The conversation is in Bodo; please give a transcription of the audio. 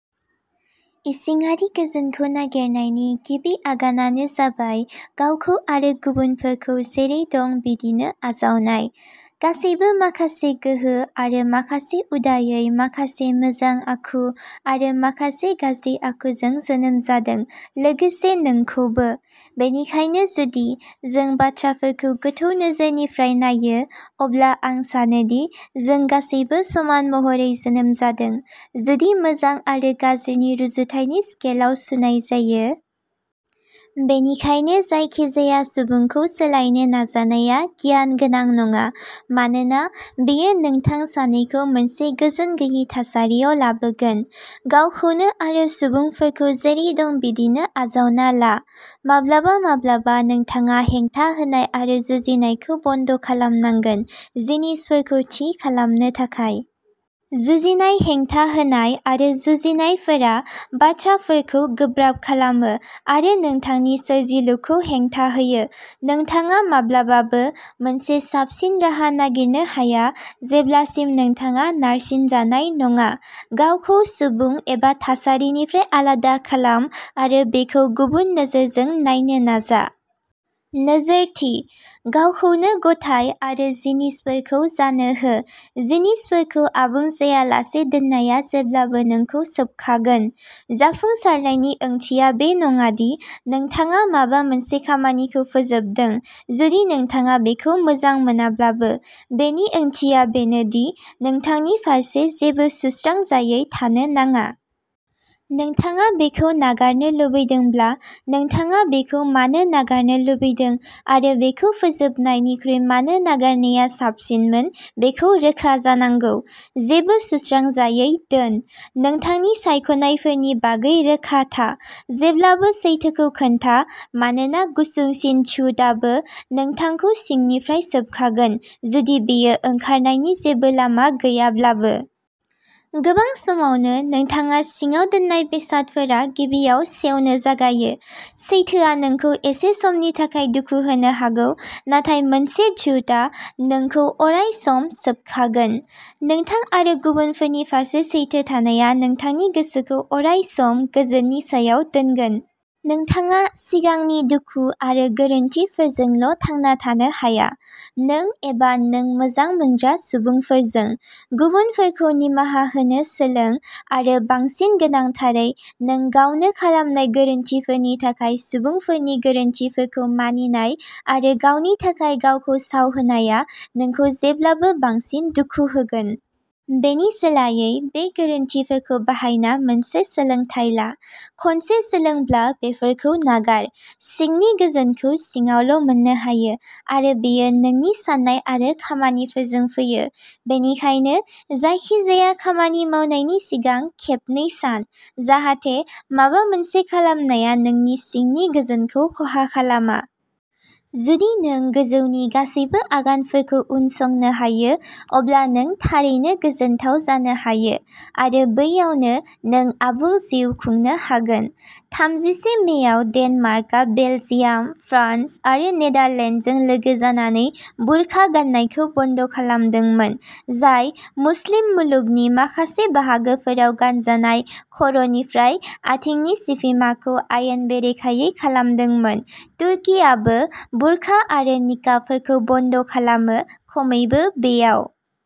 इसिङारि गोजोनखौ नागिरनायनि गिबि आगानानो जाबाय गावखौ आरो गुबुनफोरखौ जेरै दं बिदिनो आजावनाय। गासैबो माखासे गोहो आरो माखासे उदायै माखासे मोजां आखु आरो माखासे गाज्रि आखुजों जोनोम जादों लोगोसे नोंखौबो। बेनिखायनो जुदि जों बाथ्राफोरखौ गोथौ नोजोरनिफ्राय नायो अब्ला आं सानो दि जों गासैबो समान महरै जोनोम जादों जुदि मोजां आरो गाज्रिनि रुजुथायनि स्केलआव सुनाय जायो। बेनिखायनो जायखिजाया सुबुंखौ सोलायनो नाजानाया गियान गोनां नङा मानोना बेयो नोंथां सानैखौ मोनसे गोजोन गैयै थासारियाव लाबोगोन। गावखौनो आरो सुबुंफोरखौ जेरै दं बिदिनो आजावना ला। माब्लाबा माब्लाबा नोंथाङा हेंथा होनाय आरो जुजिनायखौ बन्द' खालामनांगोन जिनिसफोरखौ थि खालामनो थाखाय। जुजिनाय हेंथा होनाय आरो जुजिनायफोरा बाथ्राफोरखौ गोब्राब खालामो आरो नोंथांनि सोरजिलुखौ हेंथा होयो। नोंथाङा माब्लाबाबो मोनसे साबसिन राहा नागिरनो हाया जेब्लासिम नोंथाङा नारसिनजानाय नङा। गावखौ सुबुं एबा थासारिनिफ्राय आलादा खालाम आरो बेखौ गुबुन नोजोरजों नायनो नाजा। नोजोरथि। गावखौनो गथाय आरो जिनिसफोरखौ जानो हो। जिनिसफोरखौ आबुं जायालासे दोननाया जेब्लाबो नोंखौ सोबखागोन। जाफुंसारनायनि ओंथिया बे नङा दि नोंथाङा माबा मोनसे खामानिखौ फोजोबदों जुदि नोंथाङा बेखौ मोजां मोनाब्लाबो। बेनि ओंथिया बेनो दि नोंथांनि फारसे जेबो सुस्रांजायै थानो नाङा। नोंथाङा बेखौ नागारनो लुबैदोंब्ला नोंथाङा बेखौ मानो नागारनो लुबैदों आरो बेखौ फोजोबनायनिख्रुइ मानो नागारनाया साबसिनमोन बेखौ रोखा जानांगौ। जेबो सुस्रांजायै दोन। नोंथांनि सायख'नायफोरनि बागै रोखा था। जेब्लाबो सैथोखौ खोन्था मानोना गुसुंसिन झूठआबो नोंथांखौ सिंनिफ्राय सोबखागोन जुदि बेयो ओंखारनायनि जेबो लामा गैयाब्लाबो। गोबां समावनो नोंथाङा सिङाव दोननाय बेसादफोरा गिबियाव सेवनो जागायो। सैथोआ नोंखौ एसे समनि थाखाय दुखु होनो हागौ नाथाय मोनसे झूठआ नोंखौ अरायसम सोबखागोन। नोंथां आरो गुबुनफोरनि फारसे सैथो थानाया नोंथांनि गोसोखौ अरायसम गोजोननि सायाव दोनगोन। नोंथाङा सिगांनि दुखु आरो गोरोन्थिफोरजोंल' थांना थानो हाया। नों एबा नों मोजां मोनग्रा सुबुंफोरजों। गुबुनफोरखौ निमाहा होनो सोलों आरो बांसिन गोनांथारै नों गावनो खालामनाय गोरोन्थिफोरनि थाखाय सुबुंफोरनि गोरोन्थिफोरखौ मानिनाय आरो गावनि थाखाय गावखौ साव होनाया नोंखौ जेब्लाबो बांसिन दुखु होगोन। बेनि सोलायै बे गोरोन्थिफोरखौ बाहायना मोनसे सोलोंथाइ ला। खनसे सोलोंब्ला बेफोरखौ नागार। सिंनि गोजोनखौ सिङावल' मोन्नो हायो आरो बेयो नोंनि साननाय आरो खामानिफोरजों फैयो। बेनिखायनो जायखिजाया खामानि मावनायनि सिगां खेबनै सान जाहाथे माबा मोनसे खालामनाया नोंनि सिंनि गोजोनखौ खहा खालामा। जुदि नों गोजौनि गासैबो आगानफोरखौ उनसंनो हायो अब्ला नों थारैनो गोजोनथाव जानो हायो आरो बैयावनो नों आबुं जिउ खुंनो हागोन। थामजिसे मेआव डेनमार्कआ बेलजियाम, फ्रान्स आरो नेदारलेन्डजों लोगो जानानै बुरखा गाननायखौ बन्द खालामदोंमोन जाय मुस्लिम मुलुगनि माखासे बाहागोफोराव गानजानाय खर'निफ्राय आथिंनि सिफिमाखौ आयेन बेरेखायै खालामदोंमोन। तुर्कीआबो बुरखा आरो निकाबफोरखौ बन्द'खालामो खमैबो बेयाव।